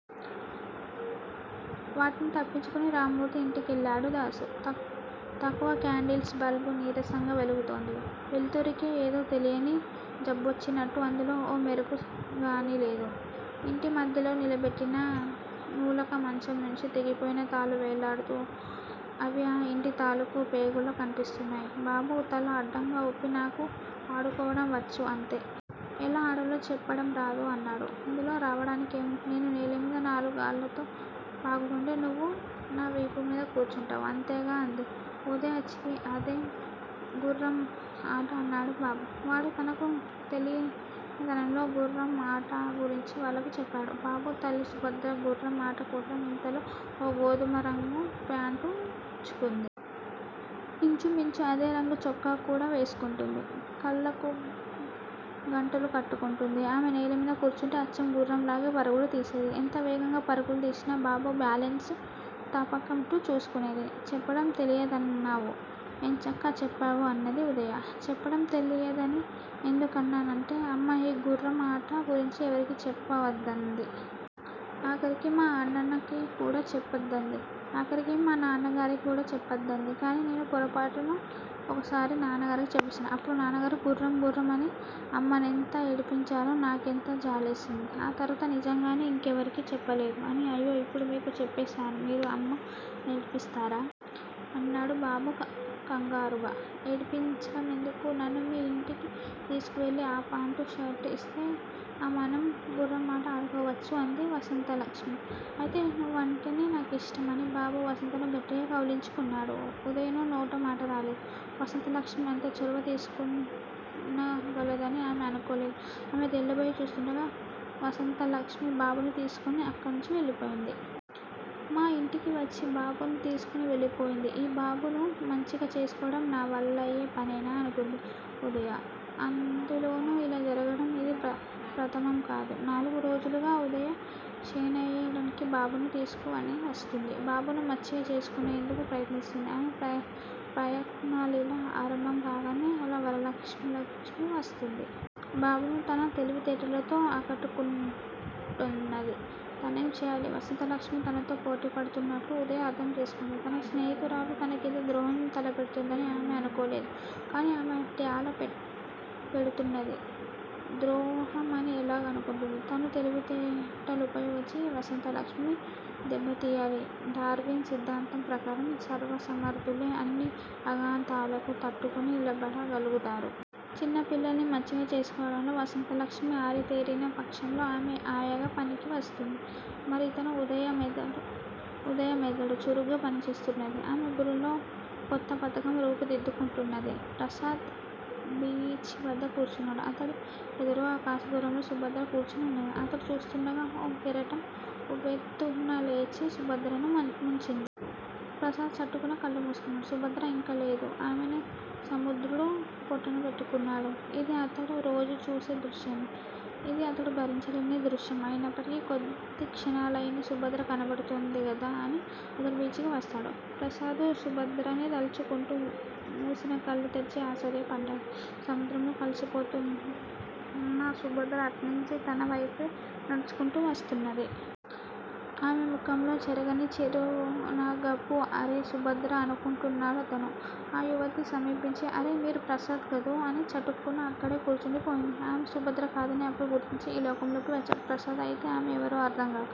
వాటిని తప్పించుకుని రామ్మూర్తి ఇంటికెళ్ళాడు దాసు. తక్కువ క్యాండిల్స్ బల్బు నీరసంగా వెలుగుతోంది. వెలుతురికే ఏదో తెలియని జబ్బొచ్చినట్టు అందులో ఏ మెరుపుగానీ లేదు. ఇంటిమధ్యలో నిలబెట్టిన నులకమంచం నుంచి తెగిపోయిన తాళ్లు వేలాడుతూ అ వి ఆ ఇంటి తాలుకూ పేగుల్లా కనిపిస్తున్నాయి. బాబు తల అడ్డంగాఊపి నాకు ఆడుకోవడం వచ్చు అంతే! ఎలా ఆడాలో చెప్పడంరాదు అన్నాడు. ఇందులో రావడానికేముంది? నేను నేలమీద నాలుగుకాళ్ళతో పాకుతూంటే నువ్వు నావీపుమీద కూర్చుంటావు. అంతేగా? అంది. ఉదయ. ఛీ అదేం గుఱ్ఱం అట అన్నాడు బాబు. వాడు తనకు తెలినతంలో గుఱ్ఱం అట గురించి వాళ్ళకు చెప్పాడు. బాబు తల్లి సుభద్ర గుఱ్ఱం అట కోసం ఇంతలో ఓ గోధుమరంగు ప్యాంటుంచుకుంది. ఇంచుమించు అదే రంగు చొక్కాకూడా వేసుకుంటుంది. కళ్ళకు గంటలు కట్టుకుంటుంది. ఆమె నేలమీద కూర్చుంటే అచ్చం గుఱ్ఱం లాగే పరుగులు తీసేది. ఎంత వేగంగా పరుగులు తీసినా బాబు బ్యాలెన్సు తపకుమ్డా చూసుకునేది. చెప్పడం తెలియదన్నావు. ఎంచక్కా చెప్పావు అన్నది ఉదయ. చెప్పడం తెలియదని ఎందుకన్నానంటే అమ్మ ఈ గుఱ్ఱం అట గురించి ఎవరికీ చెప్పావద్దంది. ఆఖరికి మా అన్నన్నకికూడా చెప్పద్దంది. ఆఖరికి మా నన్నగరిఉకికూడా చెప్పద్దంది. కానీ నేను పొరపాటున ఒకసారి నాన్నగారికి చెప్పేశాను. అప్పుడు నాన్నగారు గుఱ్ఱం గుఱ్ఱం అని అమ్మనేంత ఏడిపించారో నాకెంతో జాలేసింది. ఆ తర్వాత నిజంగానే ఇంకెవ్వరికీ చెప్పలేదు అని అయ్యో ఇప్పుడు మీకు చెప్పేశాను మీరు అమ్మ నేడిపిస్తారా? ఆన్నాడు. బాబు కంగారుగా. ఏడిపించడంమెందుకు? నన్ను మీ యింటికి తీసుకునివెళ్ళి ఆపాంటూ షర్టూ ఇస్తే అమనం గుఱ్ఱమాట అడుకోవచ్చు అంది వసంతలక్ష్మి. అయితే నువ్వుంటేనే నాకిష్టం అని బాబు వసంతను గట్టిగా కౌగలించుకున్నాడు. ఉదయకు నోటమటారాలేదు. వసంతలక్ష్మిఅంత చొరవ తీసుకునగలదని ఆమె అనుకోలేదు. ఆమె తెల్లబోయి చూస్తుండగా వసంతలక్ష్మి బాబును తీసుకుని అక్కణ్ణుంచి వెళ్ళిపోయింది. మా యింటికివచ్చి బాబును తీసుకుని వెళ్ళిపోయింది. ఈ బాబును మచ్చిక చేసుకోవడం నవల్లయ్యే పనేనా? అనుకుంది. ఉదయ. అందులోనూ ఇలా జరగడం ఇది ప్రథమంకాదు. నలుగు రోజులుగా ఉదయ శేనయ్యనడిగి బాబును తీసుకునివస్తున్నది. బాబును మచ్చిక చేసుకునేందుకు ప్రయత్నిస్తోంది. ఆమె ప్రయత్నలిలా ఆరంభంకాగానే అల వసంతలక్ష్మి వస్తుంది. బాబును తన తెలివితేటలతో ఆకట్టుకుంటున్నది. తనెంచేయాలి? వసంతలక్ష్మి తనతో పోటీపడుతున్నట్లు ఉదయ అర్ధంచేసుకుంది. తన స్నేహితురాలు తనకింత ద్రోహం తలపెడుతుందని ఆమె అనుకోలేదు. కానీ ఆమె ట్యాల పెడుతున్నది. ద్రోహమని ఎలాగంటుంది? తనూ తెలివితేటలుపయోగించి వసంతలక్ష్మి దెబ్బతీయాలి డార్వీన్ సిద్దాంతం ప్రకారం సర్వసమర్ధులే అన్ని అఘాతలకూ తట్టుకుని నిలబడగల్గుతారు. చిన్నపిల్లల్ని మచ్చిక చేసుకోవడంలో వసంతలక్ష్మి అరితేరినపక్షంలో ఆమె ఆయాగా పనికివస్తుంది. మరితను ఉదయ మెదడు చురుగ్గా పనిచేస్తున్నది. ఆమె బుర్రలో కొత్తపథకం రూపు దిద్దుకుంటున్నది. ప్రసాద్ బీచివద్ద కూర్చున్నాడు. అతడి కెదురుగా కాస్త దూరంగా సుభద్ర కూర్చుని ఉన్నది. అతడు చూస్తుండగా ఓ కెరటం ఉవ్వెత్తునలేచి సుభద్రను ముంచింది. ప్రసాద్ చటుక్కున కళ్ళు మూసుకున్నాడు. సుభద్ర ఇంకలేదు. ఆమెను సముద్రుడు పొట్టబెట్టుకున్నాడు. ఇది అతడు రోజూ చూసే దృశ్యమే! ఇది అతడు భరించలేని దృశ్యం అయినప్పుటికి కొద్దిక్షణాలైనా సుభద్ర కనబడుతుందిగదా అని అతడు బీచికి వస్తాడు. ప్రసాదు సుభద్రనే తల్చుకుంటూ మూసినకళ్ళు తెరచి ఆశ్చర్యపడ్డాడు. సముద్రంలో కలసిపోయిందనుకున్న సుభద్ర అట్నించి తనవైపే నడుచుకుంటూ వస్తున్నది. ఆమె ముఖంలో చెరగని చిరునగపు అరే సుభద్ర అనుకుంటున్నడతడు. ఆ యువతి సమీపించి __ అరే __ మీరు ప్రసాద్ కదూ అని చటుక్కున అక్కడే కూర్చుండిపోయింది. ఆమె సుభద్ర కాదని అప్పుడు గుర్తించి ఈ లోకంలోకి వచ్చాడు. ప్రసాదు అయితే ఆమె ఎవరో అర్ధంకాక